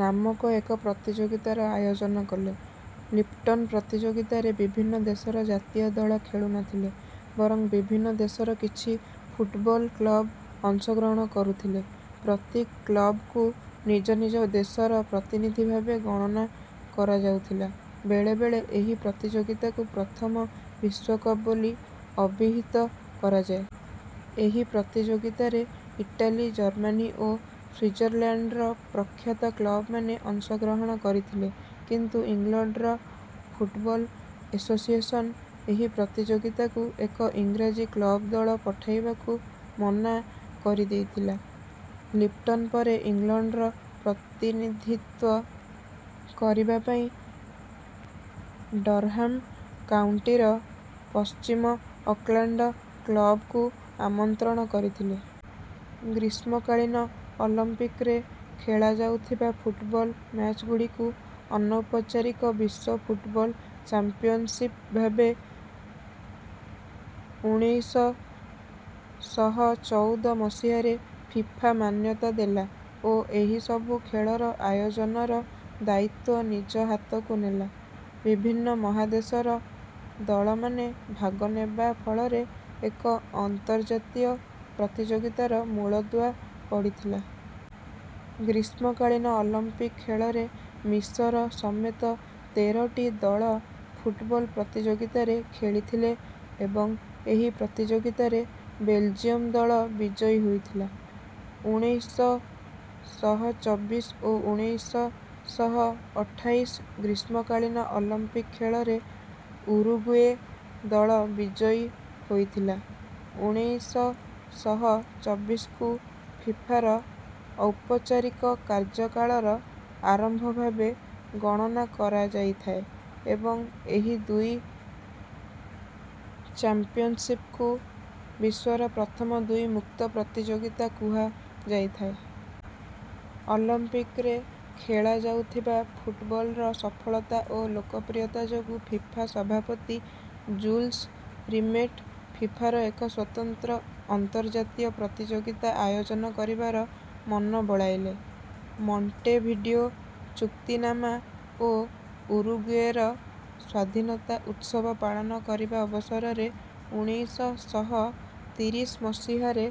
ନାମକ ଏକ ପ୍ରତିଯୋଗିତାର ଆୟୋଜନ କଲେ। ଲିପ୍ଟନ୍ ପ୍ରତିଯୋଗିତାରେ ବିଭିନ୍ନ ଦେଶର ଜାତୀୟ ଦଳ ଖେଳୁନଥିଲେ। ବରଂ ବିଭିନ୍ନ ଦେଶର କିଛି ଫୁଟବଲ୍ କ୍ଲବ୍ ଅଂଶଗ୍ରହଣ କରୁଥିଲେ। ପ୍ରତି କ୍ଲବ୍କୁ ନିଜ ନିଜ ଦେଶର ପ୍ରତିନିଧି ଭାବେ ଗଣନା କରାଯାଉଥିଲା। ବେଳେବେଳେ ଏହି ପ୍ରତିଯୋଗିତାକୁ ପ୍ରଥମ ବିଶ୍ୱକପ ବୋଲି ଅଭିହିତ କରାଯାଏ। ଏହି ପ୍ରତିଯୋଗିତାରେ ଇଟାଲୀ ଜର୍ମାନୀ ଓ ସ୍ୱିଜରଲ୍ୟାଣ୍ଡର ପ୍ରଖ୍ୟାତ କ୍ଲବ୍‍ମାନେ ଅଂଶଗ୍ରହଣ କରିଥିଲେ କିନ୍ତୁ ଇଂଲଣ୍ଡର ଫୁଟବଲ୍ ଏଶୋସିଏସନ୍ ଏହି ପ୍ରତିଯୋଗିତାକୁ ଏକ ଈଂରାଜୀ କ୍ଲବ୍ ଦଳ ପଠାଇବାକୁ ମନା କରିଦେଇଥିଲା। ଲିପ୍ଟନ୍ ପରେ ଇଂଲଣ୍ଡର ପ୍ରତିନିଧିତ୍ୱ କରିବା ପାଇଁ ଡର୍ହାମ୍ କାଉଣ୍ଟିର ପଶ୍ଚିମ ଅକ୍ଲାଣ୍ଡ କ୍ଲବ୍‍କୁ ଆମନ୍ତ୍ରଣ କରିଥିଲେ। ଗ୍ରୀଷ୍ମକାଳୀନ ଅଲମ୍ପିକ୍‍ରେ ଖେଳାଯାଉଥିବା ଫୁଟବଲ୍ ମ୍ୟାଚ୍‍ଗୁଡ଼ିକୁ ଅନୌପଚାରିକ ବିଶ୍ୱ ଫୁଟବଲ୍ ଚାମ୍ପିୟନ୍‍ଶିପ୍ ଭାବେ ଉଣେଇଶ ଶହ ଚଉଦ ମସିହାରେ ଫିଫା ମାନ୍ୟତା ଦେଲା ଓ ଏହି ସବୁ ଖେଳର ଆୟୋଜନର ଦାୟିତ୍ୱ ନିଜ ହାତକୁ ନେଲା। ବିଭିନ୍ନ ମହାଦେଶର ଦଳମାନେ ଭାଗ ନେବା ଫଳରେ ଏକ ଅନ୍ତର୍ଜାତୀୟ ପ୍ରତିଯୋଗିତାର ମୂଳଦୁଆ ପଡ଼ିଥିଲା। ଗ୍ରୀଷ୍ମକାଳୀନ ଅଲମ୍ପିକ୍ ଖେଳରେ ମିଶର ସମେତ ତେରଟି ଦଳ ଫୁଟବଲ୍ ପ୍ରତିଯୋଗିତାରେ ଖେଳିଥିଲେ ଏବଂ ଏହି ପ୍ରତିଯୋଗିତାରେ ବେଲ୍ଜିୟମ୍ ଦଳ ବିଜୟୀ ହୋଇଥିଲା। ଉଣେଇଶ ଶହ ଚବିଶ ଓ ଉଣେଇଶ ଶହ ଅଠାଇଶ ଗ୍ରୀଷ୍ମକାଳୀନ ଅଲମ୍ପିକ୍ ଖେଳରେ ଉରୁଗୁଏ ଦଳ ବିଜୟୀ ହୋଇଥିଲା। ଉଣେଇଶ ଶହ ଚବିଶକୁ ଫିଫାର ଔପଚାରିକ କାର୍ଯ୍ୟକାଳର ଆରମ୍ଭ ଭାବେ ଗଣନା କରାଯାଇଥାଏ ଏବଂ ଏହି ଦୁଇ ଚାମ୍ପିୟନ୍ଶିପ୍କୁ ବିଶ୍ୱର ପ୍ରଥମ ଦୁଇ ମୁକ୍ତ ପ୍ରତିଯୋଗିତା କୁହାଯାଇଥାଏ। ଅଲମ୍ପିକ୍ ରେ ଖେଳାଯାଉଥିବା ଫୁଟବଲ୍‍ର ସଫଳତା ଓ ଲୋକପ୍ରିୟତା ଯୋଗୁଁ ଫିଫା ସଭାପତି ଜୁଲ୍ସ୍ ରିମେଟ୍ ଫିଫାର ଏକ ସ୍ୱତନ୍ତ୍ର ଅନ୍ତର୍ଜାତୀୟ ପ୍ରତିଯୋଗିତା ଆୟୋଜନ କରିବାର ମନ ବଳାଇଲେ। ମଣ୍ଟେଭିଡ଼ିଓ ଚୁକ୍ତିନାମା ଓ ଉରୁଗୁଏର ସ୍ୱାଧୀନତା ଉତ୍ସବ ପାଳନ କରିବା ଅବସରରେ ଉଣେଇଶ ଶହ ତିରିଶ ମସିହାରେ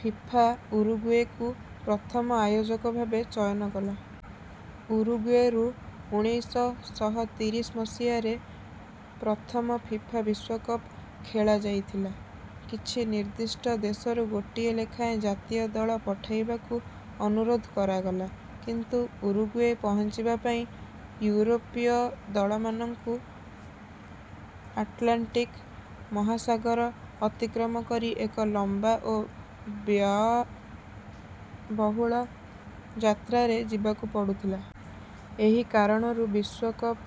ଫିଫା ଉରୁଗୁଏକୁ ପ୍ରଥମ ଆୟୋଜକ ଭାବେ ଚୟନ କଲା। ଉରୁଗୁଏରୁ ଉଣେଇଶ ଶହ ତିରିଶ ମସିହାର ପ୍ରଥମ ଫିଫା ବିଶ୍ୱକପ୍ ଖେଳାଯାଇଥିଲା। କିଛି ନିର୍ଦ୍ଦିଷ୍ଟ ଦେଶରୁ ଗୋଟିଏ ଲେଖାଏଁ ଜାତୀୟ ଦଳ ପଠାଇବାକୁ ଅନୁରୋଧ କରାଗଲା। କିନ୍ତୁ ଉରୁଗୁଏ ପହଞ୍ଚିବା ପାଇଁ ୟୁରୋପୀୟ ଦଳମାନଙ୍କୁ ଆଟ୍ଲାଣ୍ଟିକ୍ ମହାସାଗର ଅତିକ୍ରମ କରି ଏକ ଲମ୍ବା ଓ ବ୍ୟୟବହୁଳ ଯାତ୍ରାରେ ଯିବାକୁ ପଡ଼ୁଥିଲା। ଏହି କାରଣରୁ ବିଶ୍ୱକପ୍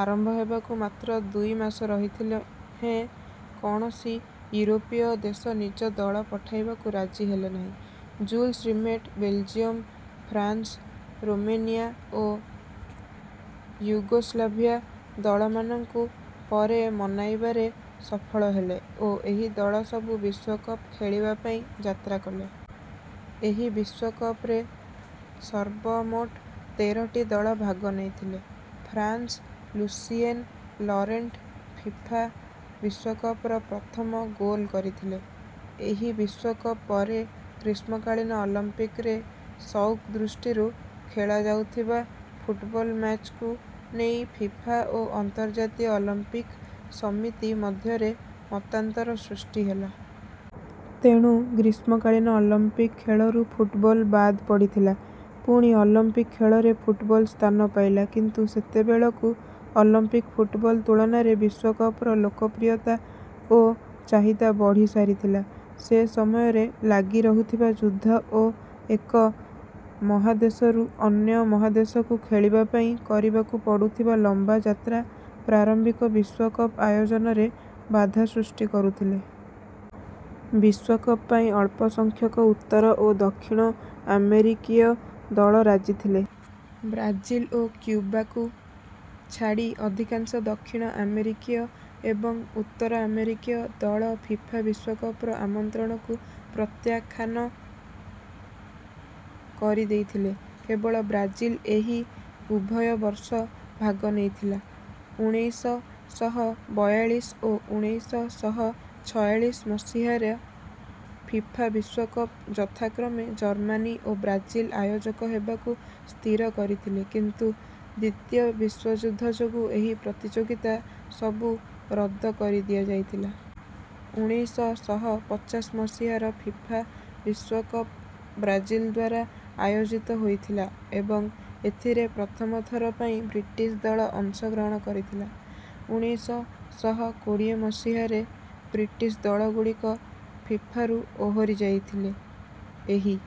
ଆରମ୍ଭ ହେବାକୁ ମାତ୍ର ଦୁଇ ମାସ ରହିଥିଲେ ହେଁ କୌଣସି ୟୁରୋପୀୟ ଦେଶ ନିଜ ଦଳ ପଠାଇବାକୁ ରାଜି ହେଲେନାହିଁ। Jules Rimet Belgium France Romania ଓ ୟୁଗୋସ୍ଲାଭିଆ ଦଳମାନଙ୍କୁ ପରେ ମନାଇବାରେ ସଫଳ ହେଲେ ଓ ଏହି ଦଳ ସବୁ ବିଶ୍ୱକପ୍ ଖେଳିବା ପାଇଁ ଯାତ୍ରା କଲେ। ଏହି ବିଶ୍ୱକପ୍ ରେ ସର୍ବମୋଟ ତେରଟି ଦଳ ଭାଗ ନେଇଥିଲେ। ଫ୍ରାଂସ୍ର ଲୁସିଏନ୍ ଲରେଣ୍ଟ୍ ଫିଫା ବିଶ୍ୱକପର ପ୍ରଥମ ଗୋଲ୍ କରିଥିଲେ। ଏହି ବିଶ୍ୱକପ ପରେ ଗ୍ରୀଷ୍ମକାଳୀନ ଅଲମ୍ପିକ୍ ରେ ସଉକ ଦୃଷ୍ଟିରୁ ଖେଳାଯାଉଥିବା ଫୁଟବଲ୍ ମ୍ୟାଚ୍କୁ ନେଇ ଫିଫା ଓ ଅନ୍ତର୍ଜାତୀୟ ଅଲମ୍ପିକ୍ ସମିତି ମଧ୍ୟରେ ମତାନ୍ତର ସୃଷ୍ଟି ହେଲା। ତେଣୁ ଗ୍ରୀଷ୍ମକାଳୀନ ଅଲମ୍ପିକ୍ ଖେଳରୁ ଫୁଟବଲ୍ ବାଦ୍ ପଡ଼ିଥିଲା। ପୁଣି ଅଲମ୍ପିକ୍ ଖେଳରେ ଫୁଟବଲ୍ ସ୍ଥାନ ପାଇଲା କିନ୍ତୁ ସେତେବେଳକୁ ଅଲମ୍ପିକ୍ ଫୁଟବଲ୍ ତୁଳନାରେ ବିଶ୍ୱକପର ଲୋକପ୍ରିୟତା ଓ ଚାହିଦା ବଢ଼ି ସାରିଥିଲା। ସେ ସମୟରେ ଲାଗି ରହୁଥିବା ଯୁଦ୍ଧ ଓ ଏକ ମହାଦେଶରୁ ଅନ୍ୟ ମହାଦେଶକୁ ଖେଳିବା ପାଇଁ କରିବାକୁ ପଡ଼ୁଥିବା ଲମ୍ବା ଯାତ୍ରା ପ୍ରାରମ୍ଭିକ ବିଶ୍ୱକପ ଆୟୋଜନରେ ବାଧା ସୃଷ୍ଟି କରୁଥିଲେ। ବିଶ୍ୱକପ ପାଇଁ ଅଳ୍ପସଂଖ୍ୟକ ଉତ୍ତର ଓ ଦକ୍ଷିଣ ଆମେରିକୀୟ ଦଳ ରାଜିଥିଲେ। ବ୍ରାଜିଲ୍ ଓ କ୍ୟୁବାକୁ ଛାଡ଼ି ଅଧିକାଂଶ ଦକ୍ଷିଣ ଆମେରିକୀୟ ଏବଂ ଉତ୍ତର ଆମେରିକୀୟ ଦଳ ଫିଫା ବିଶ୍ୱକପର ଆମନ୍ତ୍ରଣକୁ ପ୍ରତ୍ୟାଖ୍ୟାନ କରିଦେଇଥିଲେ। କେବଳ ବ୍ରାଜିଲ୍ ଏହି ଉଭୟ ବର୍ଷ ଭାଗ ନେଇଥିଲା। ଉଣେଇଶ ଶହ ବୟାଳିଶ ଓ ଉଣେଇଶ ଶହ ଛୟାଳିଶ ମସିହାର ଫିଫା ବିଶ୍ୱକପ ଯଥାକ୍ରମେ ଜର୍ମାନୀ ଓ ବ୍ରାଜିଲ୍ ଆୟୋଜକ ହେବାକୁ ସ୍ଥିର କରିଥିଲେ କିନ୍ତୁ ଦ୍ୱିତୀୟ ବିଶ୍ୱଯୁଦ୍ଧ ଯୋଗୁଁ ଏହି ପ୍ରତିଯୋଗିତା ସବୁ ରଦ୍ଦ କରି ଦିଆଯାଇଥିଲା। ଉଣେଇଶ ଶହ ପଚାଶ ମସିହାର ଫିଫା ବିଶ୍ୱକପ ବ୍ରାଜିଲଦ୍ୱାରା ଆୟୋଜିତ ହୋଇଥିଲା ଏବଂ ଏଥିରେ ପ୍ରଥମ ଥର ପାଇଁ ବ୍ରିଟିଶ୍ ଦଳ ଅଂଶଗ୍ରହଣ କରିଥିଲା । ଉଣେଇଶ ଶହ କୋଡ଼ିଏ ମସିହାରେ ବ୍ରିଟିଶ୍ ଦଳଗୁଡ଼ିକ ଫିଫାରୁ ଓହରି ଯାଇଥିଲେ। ଏହି